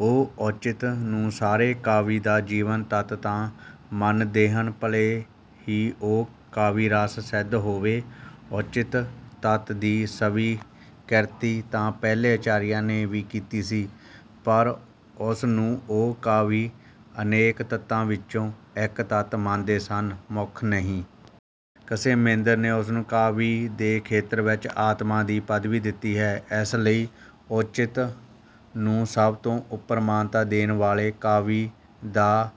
ਉਹ ਔਚਿੱਤ ਨੂੰ ਸਾਰੇ ਕਾਵਿ ਦਾ ਜੀਵਨ ਤੱਤ ਤਾਂ ਮੰਨਦੇਹਨ ਭਲੇ ਹੀ ਉਹ ਕਾਵਿ ਰਸ ਸਿੱਧ ਹੋਵੇ। ਔਚਿੱਤ ਤੱਤ ਦੀ ਸਵੀਕਿਰਤੀ ਤਾਂ ਪਹਿਲੇ ਆਚਾਰੀਆਂ ਨੇ ਵੀ ਕੀਤੀ ਸੀ, ਪਰ ਉਸਨੂੰ ਉਹ ਕਾਵਿ ਅਨੇਕ ਤੱਤਾਂ ਵਿੱਚੋਂ ਇੱਕ ਤੱਤ ਮੰਨਦੇ ਸਨ, ਮੁੱਖ ਨਹੀਂ। ਕਸ਼ੇਮੇਂਦਰ ਨੇ ਉਸਨੂੰ ਕਾਵਿ ਦੇ ਖੇਤਰ ਵਿੱਚ ਆਤਮਾ ਦੀ ਪੱਦਵੀ ਦਿੱਤੀ ਹੈ, ਇਸ ਲਈ ਔਚਿੱਤ ਨੂੰ ਸਭ ਤੋਂ ਉੱਪਰ ਮਾਨਤਾ ਦੇਣ ਅਤੇ ਕਾਵਿ ਦਾ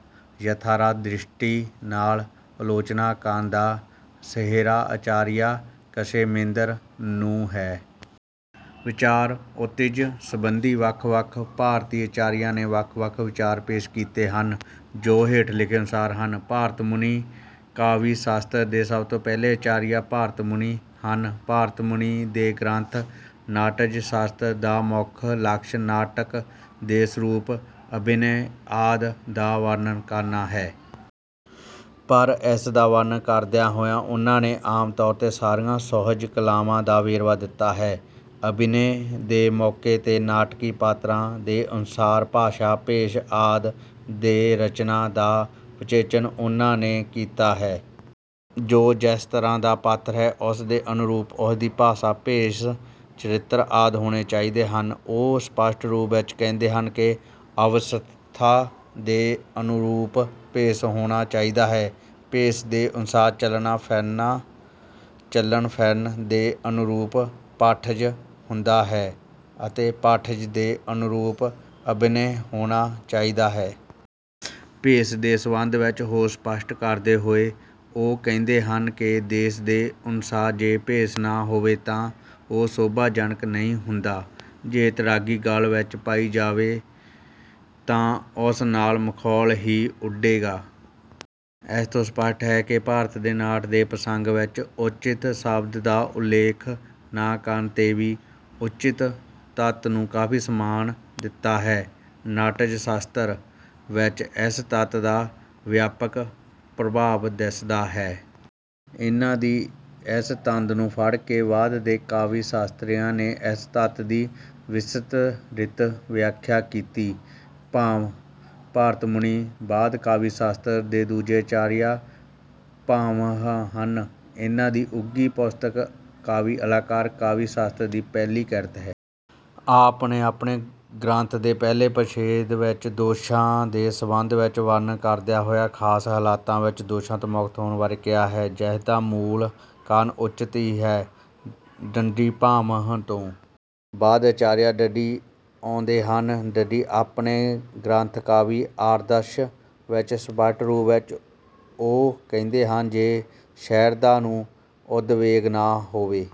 ਯਥਾਰਥ ਦ੍ਰਿਸ਼ਟੀ ਨਾਲ ਆਲੋਚਨਾ ਕਰਨ ਦਾ ਸਿਹਰਾ ਆਚਾਰੀਆ ਕਸ਼ੇਮੇਂਦਰ ਨੂੰ ਹੈ। ਵਿਚਾਰ ਔਚਿਤਯ ਸੰਬੰਧੀ ਵੱਖ-ਵੱਖ ਭਾਰਤੀ ਆਚਾਰੀਆ ਨੇ ਵੱਖ-ਵੱਖ ਵਿਚਾਰ ਪੇਸ਼ ਕੀਤੇ ਹਨ, ਜੋ ਹੇਠ ਲਿਖੇ ਅਨੁਸਾਰ ਹਨ:- ਭਰਤ ਮੁਨੀ:- ਕਾਵਿ ਸ਼ਾਸਤਰ ਦੇ ਸਭ ਤੋਂ ਪਹਿਲੇ ਆਚਾਰੀਆ ਭਰਤਮੁਨੀ ਹਨ। ਭਰਤ ਮੁਨੀ ਦੇ ਗ੍ਰੰਥ "ਨਾਟਯ ਸ਼ਾਸਤਰ" ਦਾ ਮੁੱਖ ਲਕਸ਼ ਨਾਟਕ ਦੇ ਸਰੂਪ ਅਭਿਨੈ ਆਦਿ ਦਾ ਵਰਣਨ ਕਰਨਾ ਹੈ। ਪਰ ਇਸਦਾ ਵਰਣਨ ਕਰਦਿਆਂ ਹੋਇਆਂ ਉਨ੍ਹਾਂ ਨੇ ਆਮ ਤੌਰ ਤੇ ਸਾਰੀਆਂ ਸੁਹਜ ਕਲਾਵਾਂ ਦਾ ਵੇਰਵਾ ਦਿੱਤਾ ਹੈ। ਅਭਿਨੈ ਦੇ ਮੌਕੇ ਤੇ ਨਾਟਕੀ ਪਾਤਰਾਂ ਦੇ ਅਨੁਸਾਰ ਭਾਸ਼ਾ, ਭੇਸ ਆਦਿ ਦੇ ਰਚਨਾ ਦਾ ਵਿਵੇਚਨ ਉਹਨਾਂ ਨੇ ਕੀਤਾ ਹੈ। ਜੋ ਜਿਸ ਤਰ੍ਹਾਂ ਦਾ ਪਾਤਰ ਹੈ। ਉਸਦੇ ਅਨੁਰੂਪ, ਉਸਦੀ ਭਾਸ਼ਾ, ਭੇਸ, ਚਰਿੱਤਰ ਆਦਿ ਹੋਣੇ ਚਾਹੀਦੇ ਹਨ। ਉਹ ਸਪੱਸ਼ਟ ਰੂਪ ਵਿੱਚ ਕਹਿੰਦੇ ਹਨ ਕਿ "ਅਵਸਥਾ ਦੇ ਅਨੁਰੂਪ ਭੇਸ਼ ਹੋਣਾ ਚਾਹੀਦਾ ਹੈ"। ਭੇਸ ਦੇ ਅਨੁਸਾਰ ਚੱਲਣਾ, ਫਿਰਨਾ, ਚੱਲਣ-ਫਿਰਨ ਦੇ ਅਨੁਰੂਪ ਪਾਠਯ ਹੁੰਦਾ ਹੈ ਅਤੇ ਪਾਠਯ ਦੇ ਅਨੁਰੂਪ ਅਭਿਨੈ ਹੋਣਾ ਚਾਹੀਦਾ ਹੈ। ਭੇਸ ਦੇ ਸੰਬੰਧ ਵਿੱਚ ਹੋਰ ਸਪੱਸ਼ਟ ਕਰਦੇ ਹੋਏ ਉਹ ਕਹਿੰਦੇ ਹਨ ਕਿ ਦੇਸ਼ ਦੇ ਅਨੁਸਾਰ ਜੇ ਭੇਸ ਨਾ ਹੋਵੇ ਤਾਂ ਉਹ ਸ਼ੋਭਾ ਜਨਕ ਨਹੀਂ ਹੁੰਦਾ। ਜੇ ਤੜਾਗੀ ਗਲ ਵਿੱਚ ਪਾਈ ਜਾਵੇ, ਤਾਂ ਉਸ ਨਾਲ ਮਾਖੌਲ ਹੀ ਉਡੇਗਾ। ਇਸ ਤੋਂ ਸਪੱਸ਼ਟ ਹੈ ਕਿ ਭਰਤ ਨੇ ਨਾਟ ਦੇ ਪ੍ਰਸੰਗ ਵਿੱਚ ਔਚਿੱਤ ਸ਼ਬਦ ਦਾ ਉਲੇਖ ਨਾ ਕਰਨ ਤੇ ਵੀ "ਔਚਿੱਤ" ਤੱਤ ਨੂੰ ਕਾਫ਼ੀ ਸਨਮਾਨ ਦਿੱਤਾ ਹੈ। ਨਾਟਯ ਸ਼ਾਸਤਰ ਵਿੱਚ ਇਸ ਤੱਤ ਦਾ ਵਿਆਪਕ ਪ੍ਰਭਾਵ ਦਿੱਸਦਾ ਹੈ। ਇਹਨਾਂ ਦੀ ਇਸ ਤੰਦ ਨੂੰ ਫੜ ਕੇ ਬਾਅਦ ਦੇ ਕਾਵਿ ਸ਼ਾਸਤਰੀਆਂ ਨੇ ਇਸ ਤੱਤ ਦੀ ਵਿਸਤਰਿਤ ਵਿਆਖਿਆ ਕੀਤੀ। ਭਾਮਹ:- ਭਰਤਮੁਨੀ ਤੋਂ ਬਾਅਦ ਕਾਵਿ-ਸ਼ਾਸਤਰ ਦੇ ਦੂਜੇ ਆਚਾਰੀਆਂ ਭਾਮਹ ਹਨ। ਇਹਨਾਂ ਦੀ ਉੱਘੀ ਪੁਸਤਕ "ਕਾਵਿ ਆਲੰਕਾਰ" ਕਾਵਿ ਸ਼ਾਸਤਰ ਦੀ ਪਹਿਲੀ ਕਿਰਤ ਹੈ। ਆਪ ਨੇ ਆਪਣੇ ਗ੍ਰੰਥ ਦੇ ਪਹਿਲੇ ਪਰਿਛੇਦ ਵਿੱਚ ਦੋਸਾਂ ਦੇ ਸੰਬੰਧਵਿੱਚ ਵਰਣਨ ਕਰਦਿਆਂ ਹੋਇਆ ਖ਼ਾਸ ਹਾਲਤਾਂ ਵਿੱਚ ਦੋਸ਼ਾਂ ਤੋਂ ਮੁਕਤ ਹੋਣ ਬਾਰੇ ਕਿਹਾ ਹੈ। ਜਿਸਦਾ ਮੂਲ ਕਾਰਨ ਔਚਿੱਤ ਹੀ ਹੈ। ਦੰਡੀ:- ਭਾਮਹ ਤੋਂ ਬਾਅਦ ਆਚਾਰੀਆ ਦੰਡੀ ਆਉਂਦੇ ਹਨ| ਦੰਡੀ ਆਪਣੇ ਗ੍ਰੰਥ 'ਕਾਵਿ ਆਦਰਸ਼' ਵਿੱਚ ਸਪੱਸ਼ਟ ਰੂਪ ਵਿੱਚ ਉਹ ਕਹਿੰਦੇ ਹਨ ਜੇ ਸ਼ਹਿਰਦਾਂ ਨੂੰ ਉਦਵੇਗ ਨਾ ਹੋਵੇ